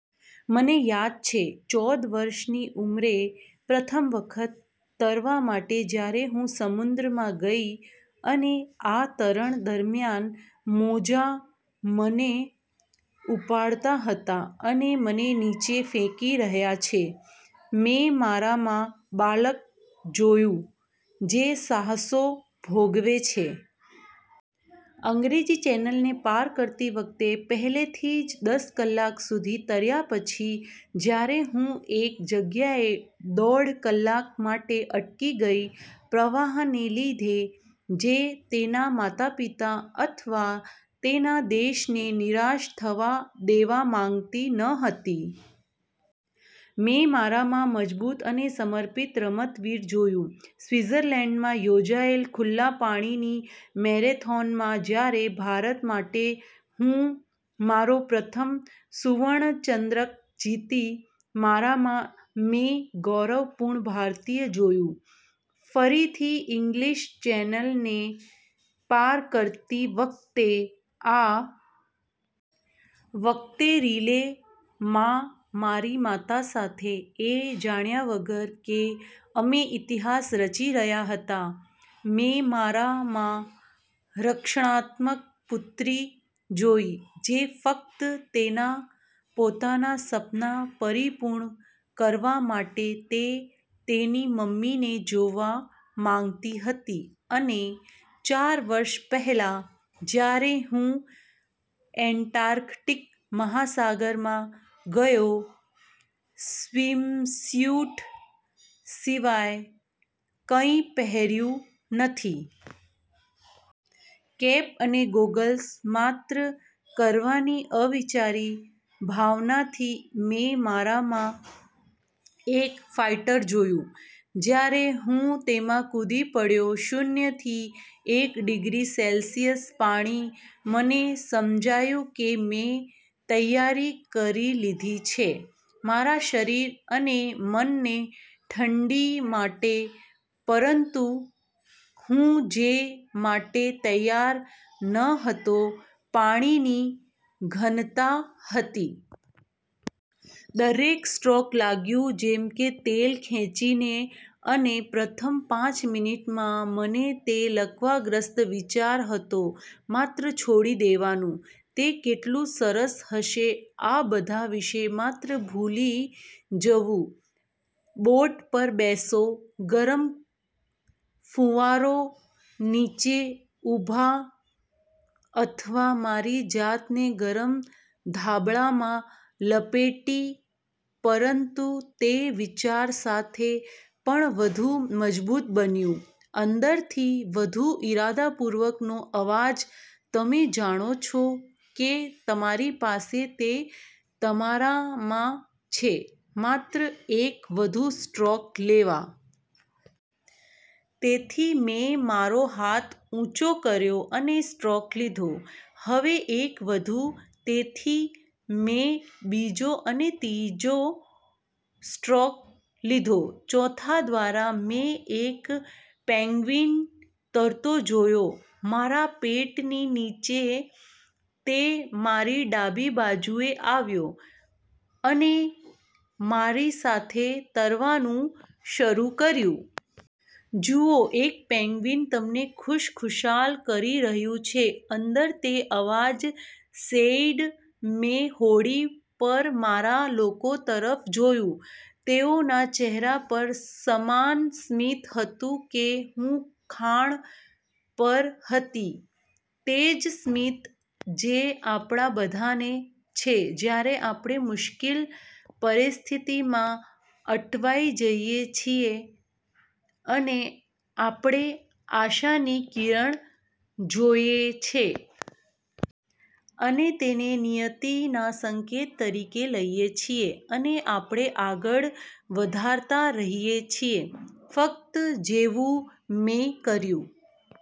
મને યાદ છે, ચૌદ વર્ષની ઉંમરે, પ્રથમ વખત તરવા માટે જ્યારે હું સમુદ્રમાં ગઇ અને આ તરણ દરમ્યાન, મોજા મને ઉપાડતા હતા અને મને નીચે ફેંકી રહ્યા છે, મેં મારામાં બાળક જોયું, જે સાહસો ભોગવે છે. અંગ્રેજી ચેનલને પાર કરતી વખતે, પહેલેથી જ દસ કલાક સુધી તર્યા પછી, જ્યારે હું એક જગ્યાએ દોઢ કલાક માટે અટકી ગઈ પ્રવાહને લીધે, જે તેના માતાપિતા અથવા તેના દેશને નિરાશ થવા દેવા માંગતી ન હતી. મેં મારામાં મજબૂત અને સમર્પિત રમતવીર જોયું. સ્વિટ્ઝરલેન્ડમાં યોજાયેલ ખુલ્લા પાણીની મેરેથોનમાં, જ્યારે ભારત માટે હું મારો પ્રથમ સુવર્ણ ચંદ્રક જીતી મારામાં મેં ગૌરવપૂર્ણ ભારતીય જોયું, ફરીથી ઇંગ્લિશ ચેનલને પાર કરતી વખતે, આ વખતે રિલે માં મારી માતા સાથે, એ જાણ્યા વગર કે અમે ઇતિહાસ રચી રહ્યા હતા, મેં મારામાં રક્ષણાત્મક પુત્રી જોઇ, જે ફક્ત તેના પોતાના સપના પરિપૂર્ણ કરવા માટે તે તેની મમ્મીને જોવા માંગતી હતી અને ચાર વર્ષ પહેલાં, જ્યારે હું એન્ટાર્કટિક મહાસાગરમાં ગયો, સ્વિમસ્યુટ સિવાય કંઇ પહેર્યું નથી. કેપ અને ગોગલ્સ, માત્ર કરવાની અવિચારી ભાવનાથી, મેં મારામાં એક ફાઇટર જોયું. જ્યારે હું તેમાં કૂદી પડ્યો શૂન્યથી એક ડિગ્રી સેલ્સિયસ પાણી, મને સમજાયું કે મેં તૈયારી કરી લીધી છે મારા શરીર અને મનને ઠંડી માટે, પરંતુ હું જે માટે તૈયાર ન હતો પાણીની ઘનતા હતી. દરેક સ્ટ્રોક લાગ્યું જેમ કે તેલ ખેંચીને અને પ્રથમ પાંચ મિનિટમાં મને તે લકવાગ્રસ્ત વિચાર હતો માત્ર છોડી દેવાનું. તે કેટલું સરસ હશે આ બધા વિશે માત્ર ભૂલી જવું, બોટ પર બેસો, ગરમ ફુવારો નીચે ઉભા અથવા મારી જાતને ગરમ ધાબળામાં લપેટી પરંતુ તે વિચાર સાથે, પણ વધુ મજબૂત બન્યું, અંદરથી વધુ ઇરાદાપૂર્વકનો અવાજ "તમે જાણો છો કે તમારી પાસે તે તમારામાં છે માત્ર એક વધુ સ્ટ્રોક લેવા. " તેથી મેં મારો હાથ ઉંચો કર્યો અને સ્ટ્રોક લીધો. "હવે એક વધુ. " તેથી મેં બીજો અને ત્રીજો સ્ટ્રોક લીધો. ચોથા દ્વારા, મેં એક પેન્ગ્વીન તરતો જોયો મારા પેટની નીચે તે મારી ડાબી બાજુએ આવ્યો અને મારી સાથે તરવાનું શરૂ કર્યું. "જુઓ, એક પેંગ્વિન તમને ખુશખુશાલ કરી રહ્યું છે," અંદર તે અવાજ સેઇડ. મેં હોડી પર મારા લોકો તરફ જોયું. તેઓના ચહેરા પર સમાન સ્મિત હતું કે હું ખાણ પર હતી. તે જ સ્મિત જે આપણા બધાને છે જ્યારે આપણે મુશ્કેલ પરિસ્થિતિમાં અટવાઈ જઈએ છીએ અને આપણે આશાની કિરણ જોયે છે. અમે તેને નિયતિના સંકેત તરીકે લઈએ છીએ, અને આપણે આગળ વધારતા રહીએ છીએ. ફક્ત જેવું મેં કર્યું,